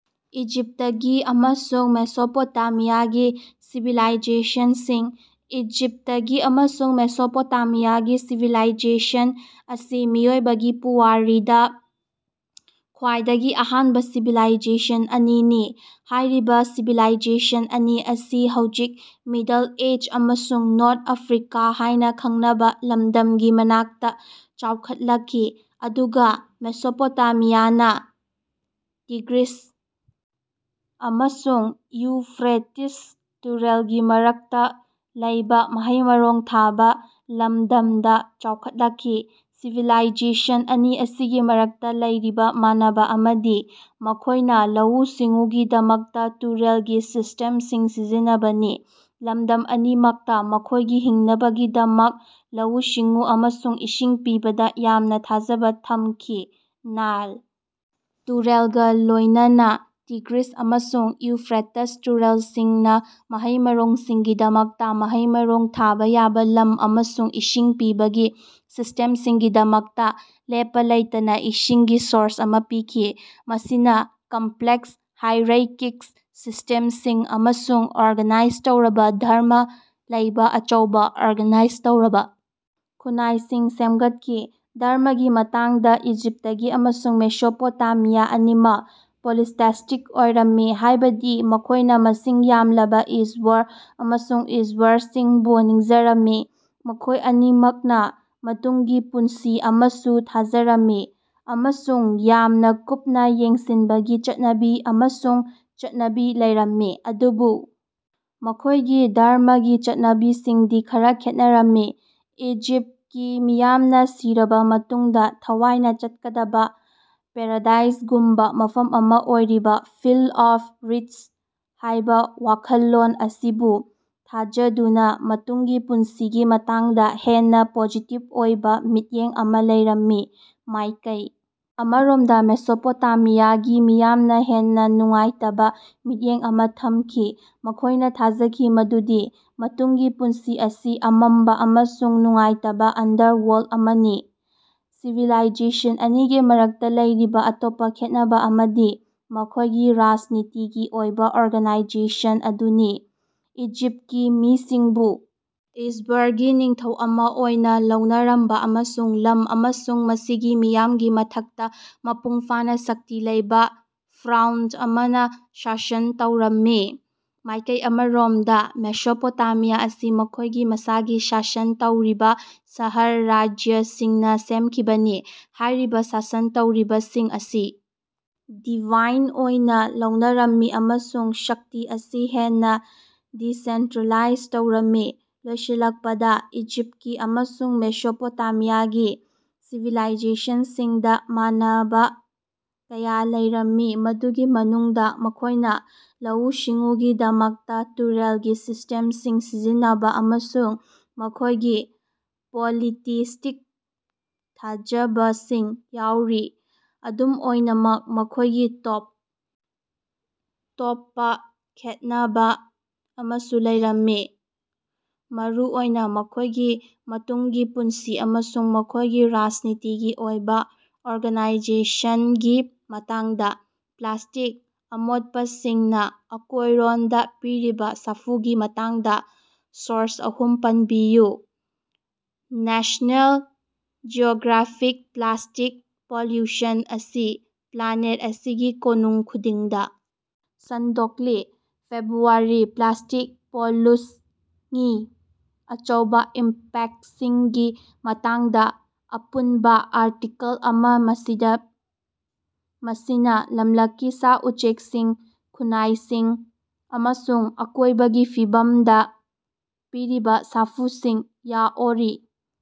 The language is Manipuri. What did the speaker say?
ꯏꯖꯤꯞꯇꯀꯤ ꯑꯃꯁꯨꯡ ꯃꯦꯁꯣꯄꯣꯇꯦꯃꯤꯌꯥꯒꯤ ꯁꯤꯚꯤꯂꯥꯏꯖꯦꯁꯟꯁꯤꯡ꯫ ꯏꯖꯤꯞꯇꯀꯤ ꯑꯃꯁꯨꯡ ꯃꯦꯁꯣꯄꯣꯇꯦꯃꯤꯌꯥꯒꯤ ꯁꯤꯚꯤꯂꯥꯏꯖꯦꯁꯟ ꯑꯁꯤ ꯃꯤꯑꯣꯏꯕꯒꯤ ꯄꯨꯋꯥꯔꯤꯗꯥ ꯈ꯭ꯋꯥꯏꯗꯒꯤ ꯑꯍꯥꯟꯕ ꯁꯤꯚꯤꯂꯥꯏꯖꯦꯁꯟ ꯑꯅꯤꯅꯤ꯫ ꯍꯥꯏꯔꯤꯕ ꯁꯤꯚꯤꯂꯥꯏꯖꯦꯁꯟ ꯑꯅꯤ ꯑꯁꯤ ꯍꯧꯖꯤꯛ ꯃꯤꯗꯜ ꯏꯁ꯭ꯠ ꯑꯃꯁꯨꯡ ꯅꯣꯔꯊ ꯑꯥꯐ꯭ꯔꯤꯀꯥ ꯍꯥꯏꯅꯥ ꯈꯪꯅꯕ ꯂꯗꯝꯒꯤ ꯃꯅꯥꯛꯇ ꯆꯥꯎꯈꯠꯂꯛꯈꯤ, ꯑꯗꯨꯒ ꯃꯦꯁꯣꯄꯣꯇꯦꯃꯤꯌꯥꯅ ꯇꯤꯒ꯭ꯔꯤꯁ ꯑꯃꯁꯨꯡ ꯏꯎꯐ꯭ꯔꯦꯇꯤꯁ ꯇꯨꯔꯦꯜꯒꯤ ꯃꯔꯛꯇꯥ ꯂꯩꯕ ꯃꯍꯩ-ꯃꯔꯣꯡ ꯊꯥꯕ ꯂꯝꯗꯝꯗ ꯆꯥꯎꯈꯠꯂꯛꯈꯤ꯫ ꯁꯤꯚꯤꯂꯥꯏꯖꯦꯁꯟ ꯑꯅꯤ ꯑꯁꯤꯒꯤ ꯃꯔꯛꯇ ꯂꯩꯔꯤꯕ ꯃꯥꯟꯅꯕꯥ ꯑꯃꯗꯤ ꯃꯈꯣꯏꯅꯥ ꯂꯧꯎ-ꯁꯤꯡꯎꯒꯤꯗꯃꯛꯇ ꯇꯨꯔꯦꯜꯒꯤ ꯁꯤꯁ꯭ꯇꯦꯝꯁꯤꯡ ꯁꯤꯖꯤꯟꯅꯕꯅꯤ꯫ ꯂꯝꯗꯝ ꯑꯅꯤꯃꯛꯅ ꯃꯈꯣꯏꯒꯤ ꯍꯤꯡꯅꯕꯒꯤꯗꯃꯛ ꯂꯧꯎ-ꯁꯤꯡꯎ ꯑꯃꯁꯨꯡ ꯏꯁꯤꯡ ꯄꯤꯕꯗꯥ ꯌꯥꯝꯅ ꯊꯥꯖꯕ ꯊꯝꯈꯤ꯫ ꯅꯥꯏꯜ ꯇꯨꯔꯦꯜꯒ ꯂꯣꯏꯅꯅꯥ ꯇꯤꯒ꯭ꯔꯤꯁ ꯑꯃꯁꯨꯡ ꯏꯎꯐ꯭ꯔꯦꯇꯁ ꯇꯨꯔꯦꯜꯁꯤꯡꯅ ꯃꯍꯩ-ꯃꯔꯣꯡꯁꯤꯡꯒꯤꯗꯃꯛꯇꯥ ꯃꯍꯩ-ꯃꯔꯣꯡ ꯊꯥꯕ ꯌꯥꯕ ꯂꯝ ꯑꯃꯁꯨꯡ ꯏꯁꯤꯡ ꯄꯤꯕꯒꯤ ꯁꯤꯁꯇꯦꯝꯁꯤꯡꯒꯤꯗꯃꯛꯇ ꯂꯦꯞꯄꯥ ꯂꯩꯇꯅꯥ ꯏꯁꯤꯡꯒꯤ ꯁꯣꯔꯁ ꯑꯃ ꯄꯤꯈꯤ꯫ ꯃꯁꯤꯅ ꯀꯝꯄꯂꯦꯛꯁ ꯍꯥꯏꯔꯩꯀꯤꯛ ꯁꯤꯁꯇꯦꯝꯁꯤꯡ ꯑꯃꯁꯨꯡ ꯑꯣꯔꯒꯅꯥꯏꯖ ꯇꯧꯔꯕꯥ ꯙꯔꯝꯃ ꯂꯩꯕ ꯑꯆꯧꯕ, ꯑꯣꯔꯒꯅꯥꯏꯖ ꯇꯧꯔꯕꯥ ꯈꯨꯟꯅꯥꯏꯁꯤꯡ ꯁꯦꯝꯒꯠꯈꯤ꯫ ꯙꯔꯝꯃꯒꯤ ꯃꯇꯥꯡꯗ ꯏꯖꯤꯞꯇꯀꯤ ꯑꯃꯁꯨꯡ ꯃꯦꯁꯣꯄꯣꯇꯦꯃꯤꯌꯥ ꯑꯅꯤꯃꯛ ꯄꯣꯂꯤꯇꯤꯁ꯭ꯇꯤꯛ ꯑꯣꯏꯔꯝꯃꯤ, ꯍꯥꯏꯕꯗꯤ ꯃꯈꯣꯏꯅ ꯃꯁꯤꯡ ꯌꯥꯝꯂꯕꯥ ꯏꯁ꯭ꯕꯔ ꯑꯃꯁꯨꯡ ꯏꯁ꯭ꯕꯔꯁꯤꯡꯕꯨ ꯅꯤꯡꯖꯔꯝꯃꯤ꯫ ꯃꯈꯣꯏ ꯑꯅꯤꯃꯛꯅꯥ ꯃꯇꯨꯡꯒꯤ ꯄꯨꯟꯁꯤ ꯑꯃꯁꯨ ꯊꯥꯖꯔꯝꯃꯤ ꯑꯃꯁꯨꯡ ꯌꯥꯝꯅ ꯀꯨꯞꯅꯥ ꯌꯦꯡꯁꯤꯟꯕꯒꯤ ꯆꯠꯅꯕꯤ ꯑꯃꯁꯨꯡ ꯆꯠꯅꯕꯤ ꯂꯩꯔꯝꯃꯤ꯫ ꯑꯗꯨꯕꯨ ꯃꯈꯣꯏꯒꯤ ꯙꯔꯝꯃꯒꯤ ꯆꯠꯅꯕꯤꯁꯤꯡꯗꯤ ꯈꯔꯥ ꯈꯦꯠꯅꯔꯝꯃꯤ꯫ ꯏꯖꯤꯞꯇꯀꯤ ꯃꯤꯌꯥꯝꯅꯥ ꯁꯤꯔꯕꯥ ꯃꯇꯨꯡꯗꯥ ꯊꯋꯥꯏꯅ ꯆꯠꯀꯗꯕꯥ ꯄꯦꯔꯥꯗꯥꯏꯁꯒꯨꯝꯕꯥ ꯃꯐꯝ ꯑꯃ ꯑꯣꯏꯔꯤꯕ "ꯐꯤꯜꯗ ꯑꯣꯐ ꯔꯤꯗꯁ" ꯍꯥꯏꯕ ꯋꯥ ꯈꯜꯂꯣꯟ ꯑꯁꯤꯕꯨ ꯊꯥꯖꯗꯨꯅꯥ ꯃꯇꯨꯡꯒꯤ ꯄꯨꯟꯁꯤꯒꯤ ꯃꯇꯥꯡꯗ ꯍꯦꯟꯅꯥ ꯄꯣꯖꯤꯇꯤꯕ ꯑꯣꯏꯕ ꯃꯤꯠꯌꯦꯡ ꯑꯃ ꯂꯩꯔꯝꯃꯤ꯫ ꯃꯥꯏꯀꯩ ꯑꯃꯔꯣꯝꯗ ꯃꯦꯁꯣꯄꯣꯇꯦꯃꯤꯌꯥꯒꯤ ꯃꯤꯌꯥꯝꯅ ꯍꯦꯟꯅꯥ ꯅꯨꯡꯉꯥꯏꯇꯕꯥ ꯃꯤꯠꯌꯦꯡ ꯑꯃ ꯊꯝꯈꯤ, ꯃꯈꯣꯏꯅ ꯊꯥꯖꯈꯤ ꯃꯗꯨꯗꯤ ꯃꯇꯨꯡꯒꯤ ꯄꯨꯟꯁꯤ ꯑꯁꯤ ꯑꯃꯝꯕꯥ ꯑꯃꯁꯨꯡ ꯅꯨꯡꯉꯥꯏꯇꯕꯥ ꯑꯟꯗꯔꯋꯔꯜꯗ ꯑꯃꯅꯤ꯫ ꯁꯤꯚꯤꯂꯥꯏꯖꯦꯁꯟ ꯑꯅꯤꯒꯤ ꯃꯔꯛꯇꯥ ꯂꯩꯔꯤꯕꯥ ꯑꯇꯣꯞꯄꯥ ꯈꯦꯟꯅꯕꯥ ꯑꯃꯗꯤ ꯃꯈꯣꯏꯒꯤ ꯔꯥꯖꯅꯤꯇꯤꯒꯤ ꯑꯣꯏꯕ ꯑꯣꯔꯒꯅꯥꯏꯖꯦꯁꯟ ꯑꯗꯨꯅꯤ꯫ ꯏꯖꯤꯞꯇꯀꯤ ꯃꯤꯁꯤꯡꯕꯨ ꯏꯁ꯭ꯕꯔꯒꯤ ꯅꯤꯡꯊꯧ ꯑꯃ ꯑꯣꯏꯅ ꯂꯧꯅꯔꯝꯕ ꯑꯃꯁꯨꯡ ꯂꯝ ꯑꯃꯁꯨꯡ ꯃꯁꯤꯒꯤ ꯃꯤꯌꯥꯝꯒꯤ ꯃꯊꯛꯇ ꯃꯄꯨꯡ ꯐꯥꯅ ꯁꯛꯇꯤ ꯂꯩꯕ ꯐꯔꯧꯟ ꯑꯃꯅ ꯁꯥꯁꯟ ꯇꯧꯔꯝꯃꯤ꯫ ꯃꯥꯏꯀꯩ ꯑꯃꯔꯣꯝꯗꯥ ꯃꯦꯁꯣꯄꯣꯇꯦꯃꯤꯌꯥ ꯑꯁꯤ ꯃꯈꯣꯏꯒꯤ ꯃꯁꯥꯒꯤ ꯁꯥꯁꯟ ꯇꯧꯔꯤꯕ ꯁꯍꯔ-ꯔꯥꯖ꯭ꯌꯁꯤꯡꯅ ꯁꯦꯝꯈꯤꯕꯅꯤ꯫ ꯍꯥꯏꯔꯤꯕꯥ ꯁꯥꯁꯟ ꯇꯧꯔꯤꯕꯁꯤꯡ ꯑꯁꯤ ꯗꯤꯚꯥꯏꯟ ꯑꯣꯏꯅ ꯂꯧꯅꯔꯝꯃꯤ ꯑꯃꯁꯨꯡ ꯁꯛꯇꯤ ꯑꯁꯤ ꯍꯦꯟꯅ ꯗꯤꯁꯦꯟꯇꯔꯦꯂꯥꯏꯖ ꯇꯧꯔꯝꯃꯤ꯫ ꯂꯣꯏꯁꯤꯜꯂꯛꯄꯗꯥ, ꯏꯖꯤꯞꯇꯀꯤ ꯑꯃꯁꯨꯡ ꯃꯦꯁꯣꯄꯣꯇꯦꯃꯤꯌꯥꯒꯤ ꯁꯤꯚꯤꯂꯥꯏꯖꯦꯁꯟꯁꯤꯡꯗꯥ ꯃꯥꯟꯅꯕ ꯀꯌꯥ ꯂꯩꯔꯝꯃꯤ, ꯃꯗꯨꯒꯤ ꯃꯅꯨꯡꯗꯥ ꯃꯈꯣꯏꯅ ꯂꯧꯎ-ꯁꯤꯡꯎꯒꯤꯗꯃꯛꯇꯥ ꯇꯨꯔꯦꯜꯒꯤ ꯁꯤꯁꯇꯦꯝꯁꯤꯡ ꯁꯤꯖꯤꯟꯅꯕꯥ ꯑꯃꯁꯨꯡ ꯃꯈꯣꯏꯒꯤ ꯄꯣꯂꯤꯇꯤꯁꯇꯤꯛ ꯊꯥꯖꯕꯁꯤꯡ ꯌꯥꯎꯔꯤ꯫ ꯑꯗꯨꯝ ꯑꯣꯏꯅꯃꯛ ꯃꯈꯣꯏꯒꯤ ꯇꯣꯞ ꯇꯣꯞꯄꯥ ꯈꯦꯟꯅꯕꯥ ꯑꯃꯁꯨ ꯂꯩꯔꯝꯃꯤ, ꯃꯔꯨ ꯑꯣꯏꯅ ꯃꯈꯣꯏꯒꯤ ꯃꯇꯨꯡꯒꯤ ꯄꯨꯟꯁꯤ ꯑꯃꯁꯨꯡ ꯃꯈꯣꯏꯒꯤ ꯔꯥꯖꯅꯤꯇꯤꯒꯤ ꯑꯣꯏꯕ ꯑꯣꯔꯒꯥꯅꯥꯏꯖꯦꯁꯟꯒꯤ ꯃꯇꯥꯡꯗ꯫ ꯄ꯭ꯂꯥꯁꯇꯤꯛ ꯑꯃꯣꯠꯄꯁꯤꯡꯅꯥ ꯑꯀꯣꯌꯔꯣꯅꯗꯥ ꯄꯤꯔꯤꯕꯥ ꯁꯥꯐꯨꯒꯤ ꯃꯇꯥꯡꯗꯥ ꯁꯣꯔꯁ ꯑꯍꯨꯝ ꯄꯅꯕꯤꯌꯨ꯫ ꯅꯦꯁꯅꯦꯜ ꯖꯤꯑꯣꯒ꯭ꯔꯥꯐꯤꯛ "ꯄ꯭ꯂꯥꯁꯇꯤꯛ ꯄꯣꯂꯨꯁꯟ ꯑꯁꯤ ꯄ꯭ꯂꯥꯅꯦꯠ ꯑꯁꯤꯒꯤ ꯀꯣꯅꯨꯡ ꯈꯨꯗꯤꯡꯗꯥ ꯁꯟꯗꯣꯛꯂꯤ ꯐꯦꯕ꯭ꯔꯨꯋꯥꯔꯤ ꯄ꯭ꯂꯥꯁ꯭ꯇꯤꯛ ꯄꯣꯂꯨꯁꯉꯤ ꯑꯆꯧꯕꯥ ꯏꯝꯄꯦꯛꯇꯁꯤꯡꯒꯤ ꯃꯇꯥꯡꯗꯥ ꯑꯄꯨꯅꯕꯥ ꯑꯥꯔꯇꯤꯀꯜ ꯑꯃꯥ, ꯃꯁꯤꯗꯥ ꯃꯁꯤꯅꯥ ꯂꯃꯂꯛꯀꯤ ꯁꯥ-ꯎꯆꯦꯀꯁꯤꯡ, ꯈꯨꯟꯅꯥꯏꯁꯤꯡ ꯑꯃꯁꯨꯡ ꯑꯀꯣꯌꯕꯒꯤ ꯐꯤꯕꯃꯗꯥ ꯄꯤꯔꯤꯕꯥ ꯁꯥꯐꯨꯁꯤꯡ ꯌꯥꯑꯣꯔꯤ꯫